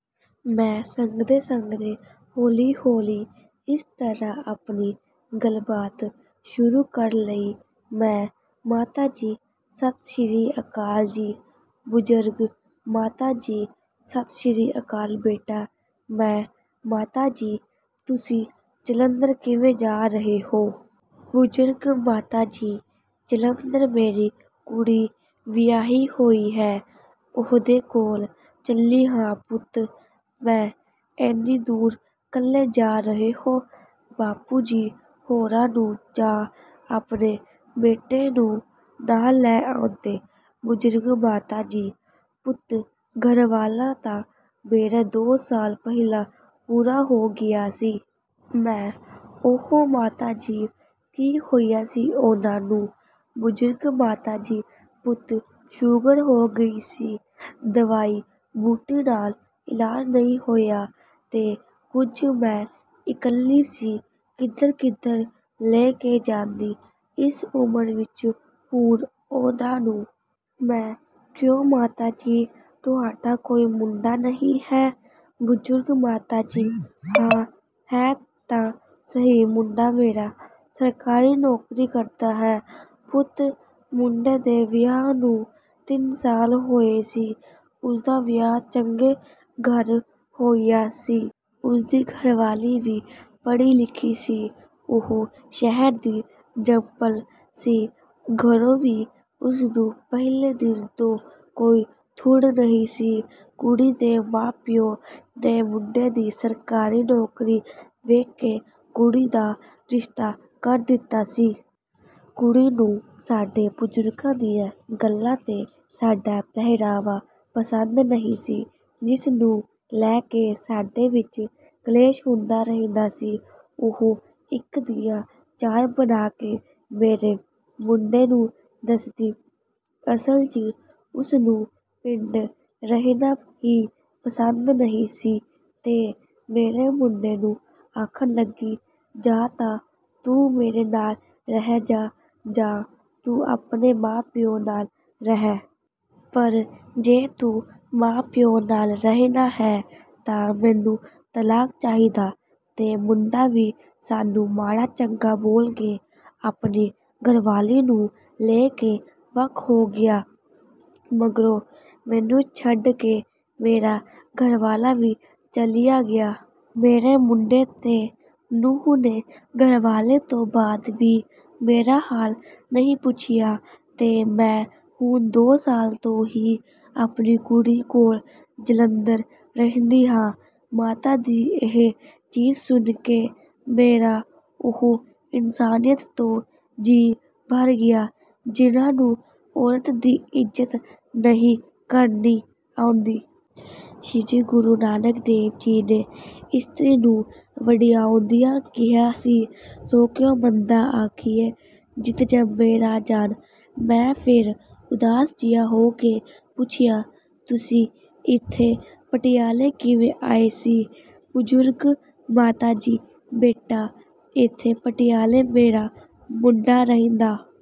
ਮੈਂ ਸੰਗਦੇ-ਸੰਗਦੇ ਹੌਲੀ-ਹੌਲੀ ਇਸ ਤਰ੍ਹਾਂ ਆਪਣੀ ਗੱਲਬਾਤ ਸ਼ੁਰੂ ਕਰ ਲਈ। ਮੈਂ: ਮਾਤਾ ਜੀ, ਸਤਿ ਸ੍ਰੀ ਅਕਾਲ ਜੀ। ਬਜ਼ੁਰਗ ਮਾਤਾ ਜੀ: ਸਤਿ ਸ੍ਰੀ ਅਕਾਲ ਬੇਟਾ। ਮੈਂ: ਮਾਤਾ ਜੀ, ਤੁਸੀਂ ਜਲੰਧਰ ਕਿਵੇਂ ਜਾ ਰਹੇ ਹੋ? ਬਜ਼ੁਰਗ ਮਾਤਾ ਜੀ: ਜਲੰਧਰ ਮੇਰੀ ਕੁੜੀ ਵਿਆਹੀ ਹੋਈ ਹੈ। ਉਹਦੇ ਕੋਲ ਚੱਲੀ ਹਾਂ ਪੁੱਤ। ਮੈਂ: ਐਨੀ ਦੂਰ ਕੱਲੇ ਜਾ ਰਹੇ ਹੋ? ਬਾਪੂ ਜੀ ਹੋਰਾਂ ਨੂੰ ਜਾਂ ਆਪਣੇ ਬੇਟੇ ਨੂੰ ਨਾਲ ਲੈ ਆਉਂਦੇ। ਬਜ਼ੁਰਗ ਮਾਤਾ ਜੀ: ਪੁੱਤ, ਘਰਵਾਲਾ ਤਾਂ ਮੇਰਾ ਦੋ ਸਾਲ ਪਹਿਲਾਂ ਪੂਰਾ ਹੋ ਗਿਆ ਸੀ। ਮੈਂ: ਓਹੋ ਮਾਤਾ ਜੀ, ਕੀ ਹੋਇਆ ਸੀ ਉਹਨਾਂ ਨੂੰ? ਬਜ਼ੁਰਗ ਮਾਤਾ ਜੀ: ਪੁੱਤ, ਸ਼ੂਗਰ ਹੋ ਗਈ ਸੀ। ਦਵਾਈ-ਬੂਟੀ ਨਾਲ ਇਲਾਜ ਨਹੀਂ ਹੋਇਆ ਤੇ ਕੁਝ... ਮੈਂ ਇਕੱਲੀ ਸੀ, ਕਿੱਧਰ-ਕਿੱਧਰ ਲੈ ਕੇ ਜਾਂਦੀ ਇਸ ਉਮਰ ਵਿੱਚ ਹੁਣ ਉਹਨਾਂ ਨੂੰ। ਮੈਂ: ਕਿਉਂ ਮਾਤਾ ਜੀ, ਤੁਹਾਡਾ ਕੋਈ ਮੁੰਡਾ ਨਹੀਂ ਹੈ? ਬਜ਼ੁਰਗ ਮਾਤਾ ਜੀ: ਹਾਂ, ਹੈ ਤਾਂ ਸਹੀ ਮੁੰਡਾ ਮੇਰਾ। ਸਰਕਾਰੀ ਨੌਕਰੀ ਕਰਦਾ ਹੈ। ਪੁੱਤ, ਮੁੰਡੇ ਦੇ ਵਿਆਹ ਨੂੰ ਤਿੰਨ ਸਾਲ ਹੋਏ ਸੀ। ਉਸਦਾ ਵਿਆਹ ਚੰਗੇ ਘਰ ਹੋਇਆ ਸੀ। ਉਸਦੀ ਘਰਵਾਲੀ ਵੀ ਪੜ੍ਹੀ-ਲਿਖੀ ਸੀ। ਉਹ ਸ਼ਹਿਰ ਦੀ ਜੰਮਪਲ ਸੀ। ਘਰੋਂ ਵੀ ਉਸਨੂੰ ਪਹਿਲੇ ਦਿਨ ਤੋਂ ਕੋਈ ਥੁੜ ਨਹੀਂ ਸੀ। ਕੁੜੀ ਦੇ ਮਾਂ-ਪਿਉ ਨੇ ਮੁੰਡੇ ਦੀ ਸਰਕਾਰੀ ਨੌਕਰੀ ਵੇਖ ਕੇ ਕੁੜੀ ਦਾ ਰਿਸ਼ਤਾ ਕਰ ਦਿੱਤਾ ਸੀ। ਕੁੜੀ ਨੂੰ ਸਾਡੇ ਬਜ਼ੁਰਗਾਂ ਦੀਆਂ ਗੱਲਾਂ ਤੇ ਸਾਡਾ ਪਹਿਰਾਵਾ ਪਸੰਦ ਨਹੀਂ ਸੀ, ਜਿਸ ਨੂੰ ਲੈ ਕੇ ਸਾਡੇ ਵਿੱਚ ਕਲੇਸ਼ ਹੁੰਦਾ ਰਹਿੰਦਾ ਸੀ। ਉਹ ਇੱਕ ਦੀਆਂ ਚਾਰ ਬਣਾ ਕੇ ਮੇਰੇ ਮੁੰਡੇ ਨੂੰ ਦੱਸਦੀ। ਅਸਲ 'ਚ ਉਸਨੂੰ ਪਿੰਡ ਰਹਿਣਾ ਹੀ ਪਸੰਦ ਨਹੀਂ ਸੀ ਤੇ ਮੇਰੇ ਮੁੰਡੇ ਨੂੰ ਆਖਣ ਲੱਗੀ, "ਜਾਂ ਤਾਂ ਤੂੰ ਮੇਰੇ ਨਾਲ ਰਹਿ ਜਾ, ਜਾਂ ਤੂੰ ਆਪਣੇ ਮਾਂ-ਪਿਉ ਨਾਲ ਰਹਿ। ਪਰ ਜੇ ਤੂੰ ਮਾਂ-ਪਿਉ ਨਾਲ ਰਹਿਣਾ ਹੈ ਤਾਂ ਮੈਨੂੰ ਤਲਾਕ ਚਾਹੀਦਾ।" ਤੇ ਮੁੰਡਾ ਵੀ ਸਾਨੂੰ ਮਾੜਾ-ਚੰਗਾ ਬੋਲ ਕੇ ਆਪਣੀ ਘਰਵਾਲੀ ਨੂੰ ਲੈ ਕੇ ਵੱਖ ਹੋ ਗਿਆ। ਮਗਰੋਂ ਮੈਨੂੰ ਛੱਡ ਕੇ ਮੇਰਾ ਘਰਵਾਲਾ ਵੀ ਚੱਲਿਆ ਗਿਆ। ਮੇਰੇ ਮੁੰਡੇ ਤੇ ਨੂੰਹ ਨੇ ਘਰਵਾਲੇ ਤੋਂ ਬਾਅਦ ਵੀ ਮੇਰਾ ਹਾਲ ਨਹੀਂ ਪੁੱਛਿਆ ਤੇ ਮੈਂ ਹੁਣ ਦੋ ਸਾਲ ਤੋਂ ਹੀ ਆਪਣੀ ਕੁੜੀ ਕੋਲ ਜਲੰਧਰ ਰਹਿੰਦੀ ਹਾਂ। ਮਾਤਾ ਦੀ ਇਹ ਚੀਸ ਸੁਣ ਕੇ ਮੇਰਾ ਉਹ ਇਨਸਾਨੀਅਤ ਤੋਂ ਜੀਅ ਭਰ ਗਿਆ, ਜਿਹਨਾਂ ਨੂੰ ਔਰਤ ਦੀ ਇੱਜ਼ਤ ਨਹੀਂ ਕਰਨੀ ਆਉਂਦੀ। ਸ੍ਰੀ ਗੁਰੂ ਨਾਨਕ ਦੇਵ ਜੀ ਨੇ ਇਸਤਰੀ ਨੂੰ ਵਡਿਆਉਂਦਿਆਂ ਕਿਹਾ ਸੀ: "ਸੋ ਕਿਉ ਮੰਦਾ ਆਖੀਐ ਜਿਤੁ ਜੰਮਹਿ ਰਾਜਾਨੁ॥" ਮੈਂ ਫੇਰ ਉਦਾਸ ਜਿਹਾ ਹੋ ਕੇ ਪੁੱਛਿਆ, "ਤੁਸੀਂ ਇੱਥੇ ਪਟਿਆਲੇ ਕਿਵੇਂ ਆਏ ਸੀ?" ਬਜ਼ੁਰਗ ਮਾਤਾ ਜੀ: ਬੇਟਾ, ਇੱਥੇ ਪਟਿਆਲੇ ਮੇਰਾ ਮੁੰਡਾ ਰਹਿੰਦਾ...